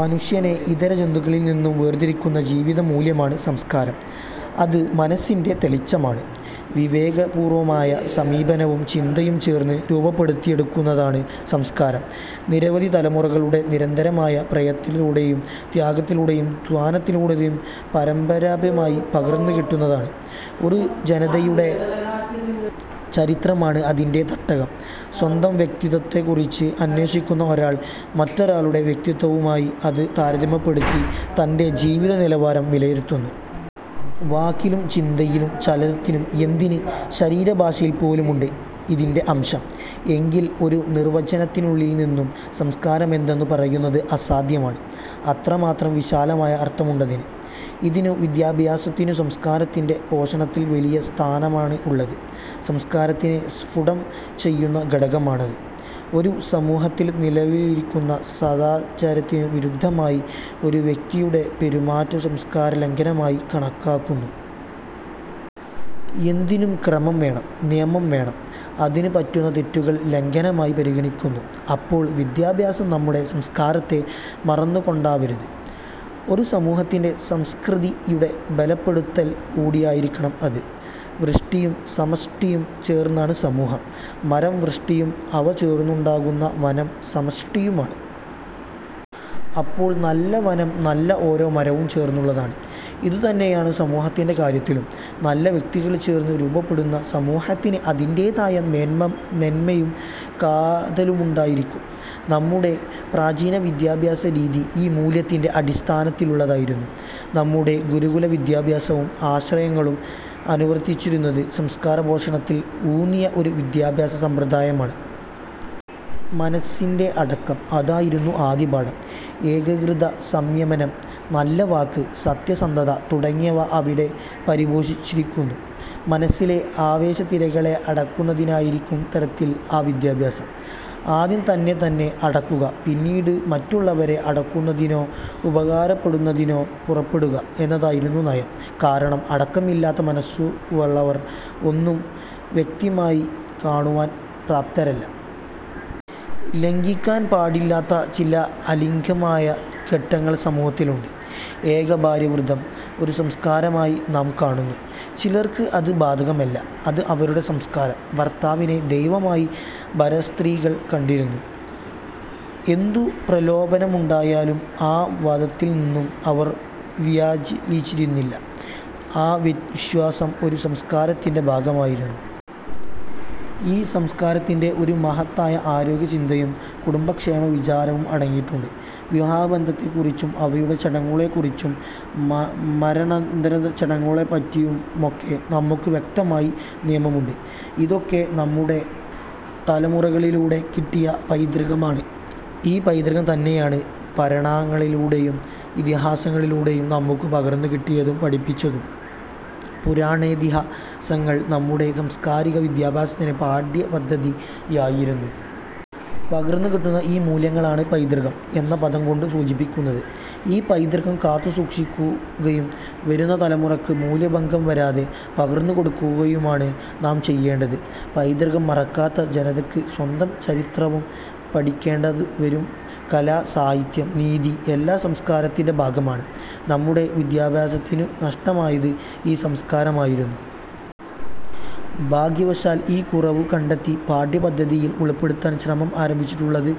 മനുഷ്യനെ ഇതര ജന്തുക്കളിൽനിന്നും വേർതിരിക്കുന്ന ജീവിതമൂല്യ മാണ് സംസ്കാരം. അത് മനസ്സിന്റെ തെളിച്ചമാണ്. വിവേകപൂർവ്വമായ സമീപനവും ചിന്തയും ചേർന്ന് രൂപപ്പെടുത്തിയെടുക്കുന്നതാണ് സംസ്കാരം. നിരവധി തലമുറകളുടെ നിരന്തരമായ പ്രയത്നത്തിലൂ ടെയും ത്യാഗത്തിലൂടെയും ധ്യാനത്തിലൂടെയും പാരമ്പര്യമായി പകർന്നുകിട്ടുന്നതാണ്. ഒരു ജനതതിയുടെ ചരിത്രമാണ് അതിന്റെ തട്ടകം. സ്വന്തം വ്യക്തിത്വത്തെക്കുറിച്ച് അന്വേഷിക്കുന്ന ഒരാൾ മറ്റൊ രാളുടെ വ്യക്തിത്വവുമായി അത് താരതമ്യപ്പെടുത്തി തന്റെ ജീവിത നിലവാരം വിലയിരുത്തുന്നു. വാക്കിലും ചിന്തയിലും ചലനത്തിലും എന്തിന് ശരീരഭാഷയിൽപോലുമുണ്ട് ഇതിന്റെ അംശം. എങ്കിലും ഒരു നിർവ്വചനത്തിനുള്ളിൽനിന്നു സംസ്കാരമെന്തെന്നു പറയുന്നത് അസാ ധ്യമാണ്. അത്രമാത്രം വിശാലമായ അർത്ഥമുണ്ടതിന്. ഇതിനു വിദ്യാ ഭ്യാസത്തിനു സംസ്കാരത്തിന്റെ പോഷണത്തിൽ വലിയ സ്ഥാനമാണ് ഉള്ളത്. സംസ്കാരത്തിനെ സ്ഫുടം ചെയ്യുന്ന ഘടകമാണത്. ഒരു സമൂഹത്തിൽ നിലവിലിരിക്കുന്ന സദാചാരത്തിനു വിരുദ്ധമായി ഒരു വ്യക്തിയുടെ പെരുമാറ്റം സംസ്കാരലംഘനമായി കണക്കാക്കു ന്നു. എന്തിനും ക്രമം വേണം. നിയമം വേണം. അതിനു പറ്റുന്ന തെറ്റു കൾ ലംഘനമായി പരിഗണിക്കുന്നു. അപ്പോൾ വിദ്യാഭ്യാസം നമ്മുടെ സംസ്കാരത്തെ മറന്നുകൊണ്ടാവരുത്. ഒരു സമൂഹത്തിന്റെ സംസ്കൃതി യുടെ ബലപ്പെടുത്തൽ കൂടിയായിരിക്കണം അത്. വ്യഷ്ടിയും സമ ഷ്ടിയും ചേർന്നതാണ് സമൂഹം. മരം വ്യഷ്ടിയും അവ ചേർന്നുണ്ടാ കുന്ന വനം സമഷ്ടിയുമാണ്. അപ്പോൾ നല്ല വനം നല്ല ഓരോ മരവും ചേർന്നുള്ളതാണ്. ഇതുതന്നെയാണ് സമൂഹത്തിന്റെ കാര്യത്തിലും. നല്ല വ്യക്തികൾ ചേർന്ന് രൂപപ്പെടുന്ന സമൂഹത്തിന് അതിന്റേതായ മേന്മയും കാതലുമുണ്ടായിരിക്കും. നമ്മുടെ പ്രാചീനവിദ്യാഭ്യാസരീതി ഈ മൂല്യത്തിന്റെ അടിസ്ഥാന ത്തിലുള്ളതായിരുന്നു. നമ്മുടെ ഗുരുകുലവിദ്യാഭ്യാസവും ആശ്രമങ്ങ ളും അനുവർത്തിച്ചിരുന്നത് സംസ്കാരപോഷണത്തിൽ ഊന്നിയ ഒരു വിദ്യാഭ്യാസസമ്പ്രദായമാണ്. മനസ്സിന്റെ അടക്കം അതായിരുന്നു ആദ്യ പാഠം. ഏകാഗ്രത, സംയമനം, നല്ല വാക്ക്, സത്യസന്ധ്യത തുടങ്ങിയവ അവിടെ പരിപോഷിപ്പിച്ചിരുന്നു. മനസ്സിലെ ആവേശത്തിരകളെ അട ക്കുന്നതിനുതകുന്ന തരത്തിലായിരുന്നു ആ വിദ്യാഭ്യാസം. ആദ്യം തന്നെത്തന്നെ അടക്കുക പിന്നീട് മറ്റുള്ളവരെ അടക്കുന്നതിനോ ഉപ ദേശിക്കുന്നതിനോ പുറപ്പെടുക എന്നതായിരുന്നു നയം. കാരണം അട ക്കമില്ലാത്ത മനസ്സുള്ളവർ ഒന്നും വ്യക്തമായി കാണുവാൻ പ്രാപ്തരല്ല. ലംഘിക്കാൻ പാടില്ലാത്ത ചില അലിഖിതമായ ചട്ടങ്ങൾ സമൂഹത്തി ലുണ്ട്. ഏക ഭാര്യാവ്രതം ഒരു സംസ്കാരമായി നാം കാണുന്നു. ചിലർക്ക് അത് ബാധകമല്ല. അത് അവരുടെ സംസ്കാരം. ഭർത്താവിനെ ദൈവ മായി ഭാരതസ്ത്രീകൾ കണ്ടിരുന്നു. എന്തു പ്രലോഭനമുണ്ടായാലും ആ വതത്തിൽനിന്നും അവർ വ്യതിചലിച്ചിരുന്നില്ല. ആ വിശ്വാസം ഒരു സംസ്കാരത്തിന്റെ ഭാഗമായിരുന്നു. ഈ സംസ്കാരത്തിൽ ഒരു മഹ ത്തായ ആരോഗ്യചിന്തയും കുടുംബക്ഷേമവിചാരവും അടങ്ങിയിട്ടുണ്ട്. വിവാഹബന്ധത്തെക്കുറിച്ചും അവയുടെ ചടങ്ങുകളെക്കുറിച്ചും മര ണാനന്തരച്ചടങ്ങുകളെപ്പറ്റിയുമൊക്കെ നമുക്കു വ്യക്തമായ നിയമ മുണ്ട്. ഇതൊക്കെ നമുക്കു തലമുറകളിലൂടെ കിട്ടിയ പൈതൃകമാണ്. ഈ പൈതൃകംതന്നെയാണ് പുരാണങ്ങളിലൂടെയും ഇതിഹാസങ്ങളി ലൂടെയും നമുക്കു പകർന്നുകിട്ടിയതും പഠിപ്പിച്ചതും. പുരാണേതിഹാ സങ്ങൾ നമ്മുടെ സാംസ്കാരിക വിദ്യാഭ്യാസത്തിനുള്ള പാഠ്യപദ്ധതി യായിരുന്നു. പകർന്നുകിട്ടുന്ന ഈ മൂല്യങ്ങളാണ് പൈതൃകം എന്ന പദംകൊണ്ടു സൂചിപ്പിക്കുന്നത്. ഈ പൈതൃകം കാത്തുസൂക്ഷിക്കു കയും വരുന്ന തലമുറയ്ക്ക് മൂല്യഭംഗംവരാതെ പകർന്നുകൊടുക്കു കയുമാണ് നാം ചെയ്യേണ്ടത്. പൈതൃകം മറക്കാത്ത ജനതയ്ക്ക് സ്വന്തം ചരിത്രവും പഠിക്കേണ്ടിവരും. കല, സാഹിത്യം, നീതി എല്ലാം സംസ്കാ രത്തിന്റെ ഭാഗമാണ്. നമ്മുടെ വിദ്യാഭ്യാസരംഗത്തിനു നഷ്ടമായത് ഈ സംസ്കാരമായിരുന്നു. ഭാഗ്യവശാൽ ഈ കുറവു കണ്ടെത്തി പാഠ്യപദ്ധ തിയിൽ ഉൾപ്പെടുത്താൻ ശ്രമം ആരംഭിച്ചിട്ടുള്ളത്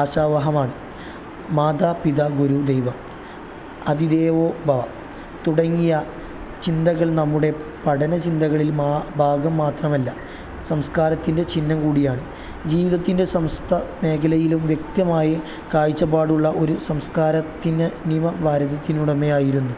ആശാവഹമാണ്. "മാതാ പിതാ ഗുരു ദൈവം,' "അതിഥിദേവോ ഭവ' തുടങ്ങിയ ചിന്ത കൾ നമ്മുടെ പഠനചിന്തയുടെ ഭാഗം മാത്രമല്ല സംസ്കാരത്തിന്റെ ചിഹ്നംകൂടിയാണ്. ജീവിതത്തിന്റെ സമസ്ത മേഖലയിലും വ്യക്തമായ കാഴ്ചപ്പാടുള്ള ഒരു സാംസ്കാരികത്തനിമ ഭാരതത്തിനുണ്ടായിരുന്നു.